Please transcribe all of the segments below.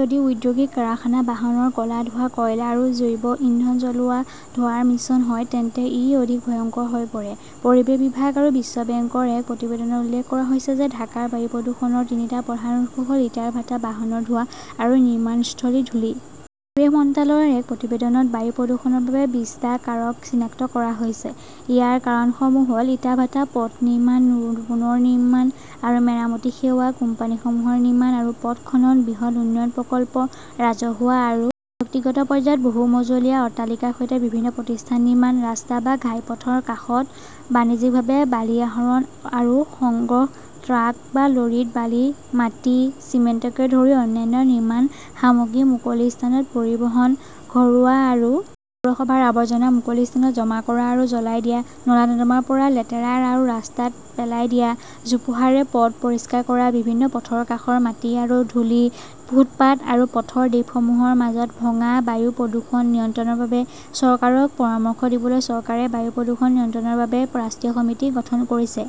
যদি ঔদ্যোগিক কাৰখানা, বাহনৰ ক 'লা ধোঁৱা, কয়লা আৰু জৈৱ ইন্ধন জ্বলোৱা ধোঁৱাৰ মিশ্ৰণ হয়, তেন্তে ই অধিক ভয়ংকৰ হৈ পৰে। পৰিৱেশ বিভাগ আৰু বিশ্ব বেংকৰ এক প্ৰতিবেদনত উল্লেখ কৰা হৈছে যে, ঢাকাৰ বায়ু প্ৰদূষণৰ তিনিটা প্ৰধান উৎস হ'ল- ইটাৰ ভাটা, বাহনৰ ধোঁৱা আৰু নিৰ্মাণস্থলীৰ ধূলি। পৰিৱেশ মন্ত্ৰালয়ৰ এক প্ৰতিবেদনত বায়ু প্ৰদূষণৰ বাবে বিছটা কাৰক চিনাক্ত কৰা হৈছে। ইয়াৰ কাৰণসমূহ হ'ল ইটাভাটা, পথ নিৰ্মাণ, ৰুনখনৰ নিৰ্মাণ আৰু মেৰামতি সেৱা, কোম্পানীসমূহৰ নিৰ্মাণ আৰু পথ খনন, বৃহৎ উন্নয়ন প্ৰকল্প, ৰাজহুৱা আৰু ব্যক্তিগত পৰ্যায়ত বহু মজলীয়া অট্টালিকাৰ সৈতে বিভিন্ন প্ৰতিষ্ঠান নিৰ্মাণ, ৰাস্তা বা ঘাইপথৰ কাষত বাণিজ্যিকভাৱে বালি আহৰণ আৰু সংগ্ৰহ, ট্ৰাক বা লৰীত বালি, মাটি, চিমেণ্টকে ধৰি অন্যান্য নিৰ্মাণ সামগ্ৰী মুকলি স্থানত পৰিবহণ, ঘৰুৱা আৰু পৌৰসভাৰ আৱৰ্জনা মুকলি স্থানত জমা কৰা আৰু জ্বলাই দিয়া, নলা-নৰ্দমাৰ পৰা লেতেৰা আৰু ৰাস্তাত পেলাই দিয়া, জোপোহাৰে পথ পৰিষ্কাৰ কৰা, বিভিন্ন পথৰ কাষৰ মাটি আৰু ধূলি, ফুটপাত আৰু পথৰ দ্বীপসমূহৰ মাজত ভঙা বায়ু প্ৰদূষণ নিয়ন্ত্ৰণৰ বাবে চৰকাৰক পৰামৰ্শ দিবলৈ চৰকাৰে বায়ু প্ৰদূষণ নিয়ন্ত্ৰণৰ বাবে ৰাষ্ট্ৰীয় সমিতি গঠন কৰিছে।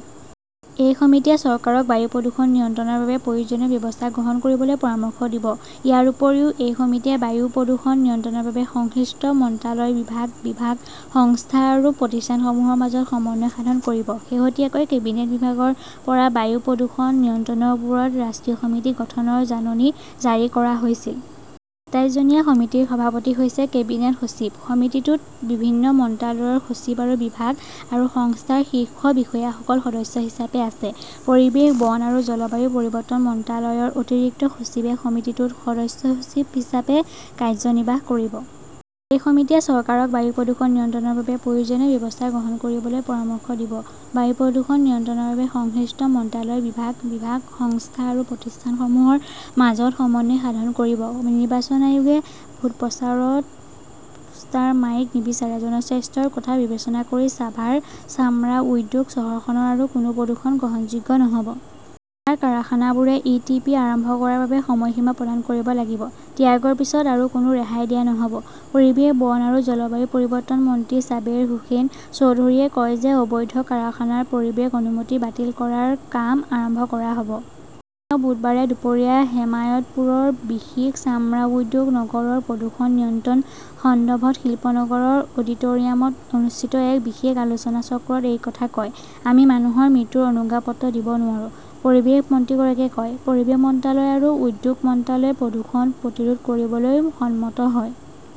এই সমিতিয়ে চৰকাৰক বায়ু প্ৰদূষণ নিয়ন্ত্ৰণৰ বাবে প্ৰয়োজনীয় ব্যৱস্থা গ্ৰহণ কৰিবলৈ পৰামৰ্শ দিব। ইয়াৰ উপৰিও, এই সমিতিয়ে বায়ু প্ৰদূষণ নিয়ন্ত্ৰণৰ বাবে সংশ্লিষ্ট মন্ত্ৰালয়, বিভাগ, বিভাগ, সংস্থা আৰু প্ৰতিষ্ঠানসমূহৰ মাজত সমন্বয় সাধন কৰিব। শেহতীয়াকৈ কেবিনেট বিভাগৰ পৰা বায়ু প্ৰদূষণ নিয়ন্ত্ৰণৰ ওপৰত ৰাষ্ট্ৰীয় সমিতি গঠনৰ জাননী জাৰি কৰা হৈছিল। তাইছ জনীয়া সমিতিৰ সভাপতি হৈছে কেবিনেট সচিব। সমিতিটোত বিভিন্ন মন্ত্ৰালয়ৰ সচিব আৰু বিভাগ আৰু সংস্থাৰ শীৰ্ষ বিষয়াসকল সদস্য হিচাপে আছে। পৰিৱেশ, বন আৰু জলবায়ু পৰিৱৰ্তন মন্ত্ৰালয়ৰ অতিৰিক্ত সচিবে সমিতিটোত সদস্য সচিব হিচাপে কাৰ্যনিৰ্বাহ কৰিব। এই সমিতিয়ে চৰকাৰক বায়ু প্ৰদূষণ নিয়ন্ত্ৰণৰ বাবে প্ৰয়োজনীয় ব্যৱস্থা গ্ৰহণ কৰিবলৈ পৰামৰ্শ দিব। বায়ু প্ৰদূষণ নিয়ন্ত্ৰণৰ বাবে সংশ্লিষ্ট মন্ত্ৰালয়, বিভাগ, বিভাগ, সংস্থা আৰু প্ৰতিষ্ঠানসমূহৰ মাজত সমন্বয় সাধন কৰিব। নিৰ্বাচন আয়োগে ভোট প্ৰচাৰত পোষ্টাৰ মাইক নিবিচাৰে জনস্বাস্থ্যৰ কথা বিবেচনা কৰি ছাভাৰ চামৰা উদ্যোগ চহৰখনৰ আৰু কোনো প্ৰদূষণ গ্ৰহণযোগ্য নহ'ব। ইয়াৰ কাৰখানাবোৰে ই. টি. পি. আৰম্ভ কৰাৰ বাবে সময়সীমা প্ৰদান কৰিব লাগিব। ত্যাগৰ পিছত আৰু কোনো ৰেহাই দিয়া নহ'ব। পৰিৱেশ, বন আৰু জলবায়ু পৰিৱৰ্তন মন্ত্ৰী ছাবেৰ হোসেন চৌধুৰীয়ে কয় যে, অবৈধ কাৰখানাৰ পৰিৱেশ অনুমতি বাতিল কৰাৰ কাম আৰম্ভ কৰা হ'ব। ওঁ বুধবাৰে দুপৰীয়া হেমায়তপুৰৰ বিসিক চামৰা উদ্যোগ নগৰৰ প্ৰদূষণ নিয়ন্ত্ৰণ সন্দৰ্ভত শিল্পনগৰৰ অডিট'ৰিয়ামত অনুষ্ঠিত এক বিশেষ আলোচনাচক্ৰত এই কথা কয়। আমি মানুহৰ মৃত্যুৰ অনুজ্ঞাপত্ৰ দিব নোৱাৰো, পৰিৱেশ মন্ত্ৰীগৰাকীয়ে কয়। পৰিৱেশ মন্ত্ৰালয় আৰু উদ্যোগ মন্ত্ৰালয়ে প্ৰদূষণ প্ৰতিৰোধ কৰিবলৈ সন্মত হয়।